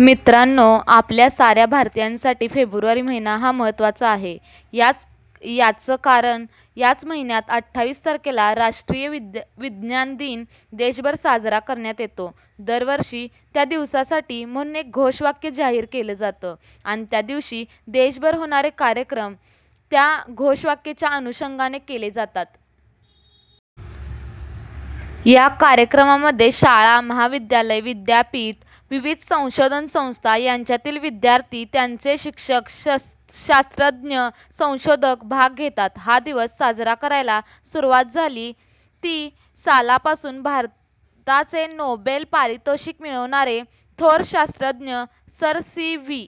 मित्रांनो, आपल्या साऱ्या भारतीयांसाठी फेब्रुवारी महिना हा महत्त्वाचा आहे. याचं कारण याच महिन्याच्या अठ्ठावीस तारखेला 'राष्ट्रीय विज्ञान दिन' देशभर साजरा करण्यात येतो. दरवर्षी त्या दिवसासाठी म्हणून एक घोषवाक्य जाहीर केलं जातं आणि त्या दिवशी देशभर होणारे कार्यक्रम त्या घोषवाक्याच्या अनुषंगानं केले जातात. या कार्यक्रमांमध्ये शाळा, महाविद्यालयं, विद्यापीठं, विविध संशोधन संस्था यांच्यातील विद्यार्थी, त्यांचे शिक्षक, शास्त्रज्ञ, संशोधक भाग घेतात. हा दिवस साजरा करायला सुरुवात झाली, ती सालापासून. भारताचे नोबेल पारितोषिक मिळवणारे थोर शास्त्रज्ञ सर सी. व्ही.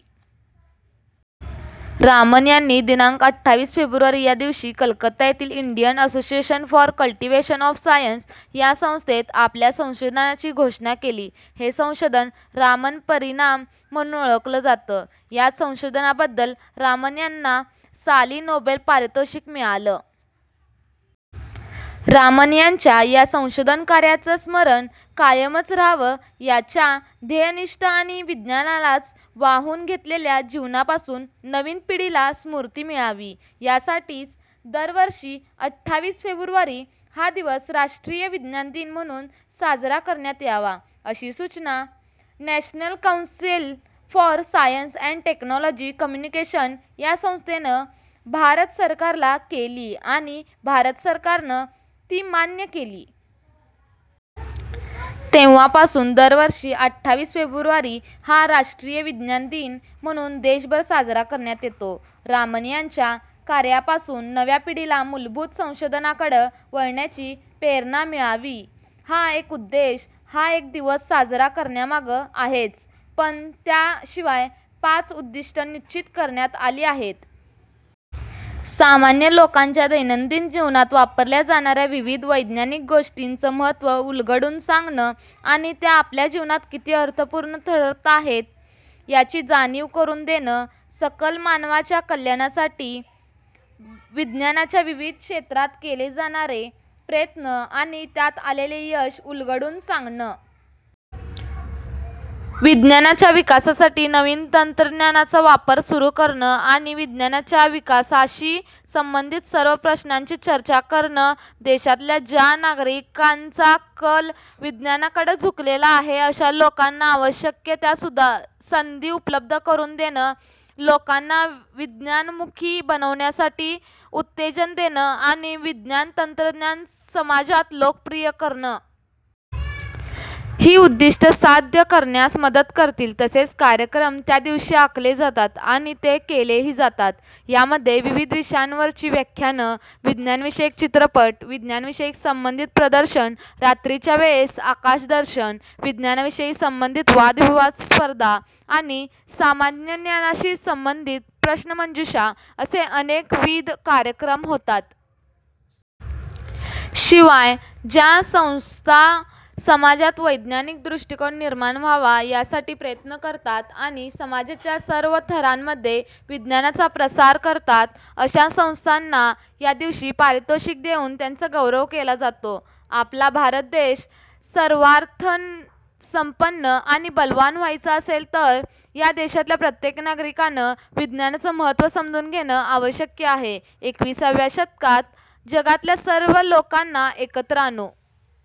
रामन यांनी दि. अठ्ठावीस फेब्रुवारी या दिवशी कलकत्ता येथील 'Indian Association for Cultivation of Science' या संस्थेत आपल्या संशोधनाची घोषणा केली. हे संशोधन 'रामन परिणाम' म्हणून ओळखलं जातं. याच संशोधनाबद्दल रामन यांना साली नोबेल पारितोषिक मिळालं. रामन यांच्या या संशोधनकार्याचं स्मरण कायम राहावं, त्यांच्या ध्येयनिष्ठ आणि विज्ञानालाच वाहून घेतलेल्या जीवनापासून नवीन पिढीला स्फूर्ती मिळावी, यासाठीच दरवर्षी अठ्ठावीस फेब्रुवारी हा दिवस 'राष्ट्रीय विज्ञान दिन' म्हणून साजरा करण्यात यावा, अशी सूचना 'National Council for Science and Technology Communication' या संस्थेनं भारत सरकारला केली आणि भारत सरकारनं ती मान्य केली. तेव्हापासून दरवर्षी अठ्ठावीस फेब्रुवारी हा 'राष्ट्रीय विज्ञान दिन' म्हणून देशभर साजरा करण्यात येतो. रामन यांच्या कार्यापासून नव्या पिढीला मूलभूत संशोधनाकडं वळण्याची प्रेरणा मिळावी, हा एक उद्देश हा दिवस साजरा करण्यामागं आहेच, पण त्याशिवाय पाच उद्दिष्टं निश्चित करण्यात आली आहेत. सामान्य लोकांच्या दैनंदिन जीवनात वापरल्या जाणाऱ्या विविध वैज्ञानिक गोष्टींचं महत्त्व उलगडून सांगणं आणि त्या आपल्या जीवनात किती अर्थपूर्ण ठरत आहेत, याची जाणीव करून देणं. सकल मानवाच्या कल्याणासाठी विज्ञानाच्या विविध क्षेत्रांत केले जाणारे प्रयत्न आणि त्यात आलेलं यश उलगडून सांगणं. विज्ञानाच्या विकासासाठी नवीन तंत्रज्ञानाचा वापर सुरू करणं आणि विज्ञानाच्या विकासाशी संबंधित सर्व प्रश्नांची चर्चा करणं. देशातल्या ज्या नागरिकांचा कल विज्ञानाकडं झुकलेला आहे, अशा लोकांना आवश्यक त्या संधी उपलब्ध करून देणं. लोकांना विज्ञानाभिमुख बनण्यासाठी उत्तेजन देणं आणि विज्ञान-तंत्रज्ञान समाजात लोकप्रिय करणं. ही उद्दिष्टं साध्य करण्यास मदत करतील असेच कार्यक्रम त्या दिवशी आखले जातात आणि ते केलेही जातात. त्यामध्ये विविध विषयांवरची व्याख्यानं, विज्ञानविषयक चित्रपट, विज्ञानाशी संबंधित प्रदर्शनं, रात्रीच्या वेळेस आकाशदर्शन, विज्ञानविषयाशी संबंधित वादविवाद स्पर्धा आणि सामान्यज्ञानाशी संबंधित प्रश्नमंजुषा असे अनेकविध कार्यक्रम होतात. शिवाय ज्या संस्था समाजात वैज्ञानिक दृष्टिकोन निर्माण व्हावा यासाठी प्रयत्न करतात आणि समाजाच्या सर्व थरांमध्ये विज्ञानाचा प्रसार करतात, अशा संस्थांना या दिवशी पारितोषिक देऊन त्यांचा गौरव केला जातो. आपला भारत देश सर्वार्थानं संपन्न आणि बलवान व्हायचा असेल, तर या देशातल्या प्रत्येक नागरिकानं विज्ञानाचं महत्त्व समजून घेणं आवश्यक आहे. एकविसाव्या शतकात जगातल्या सर्व लोकांना एकत्र आणू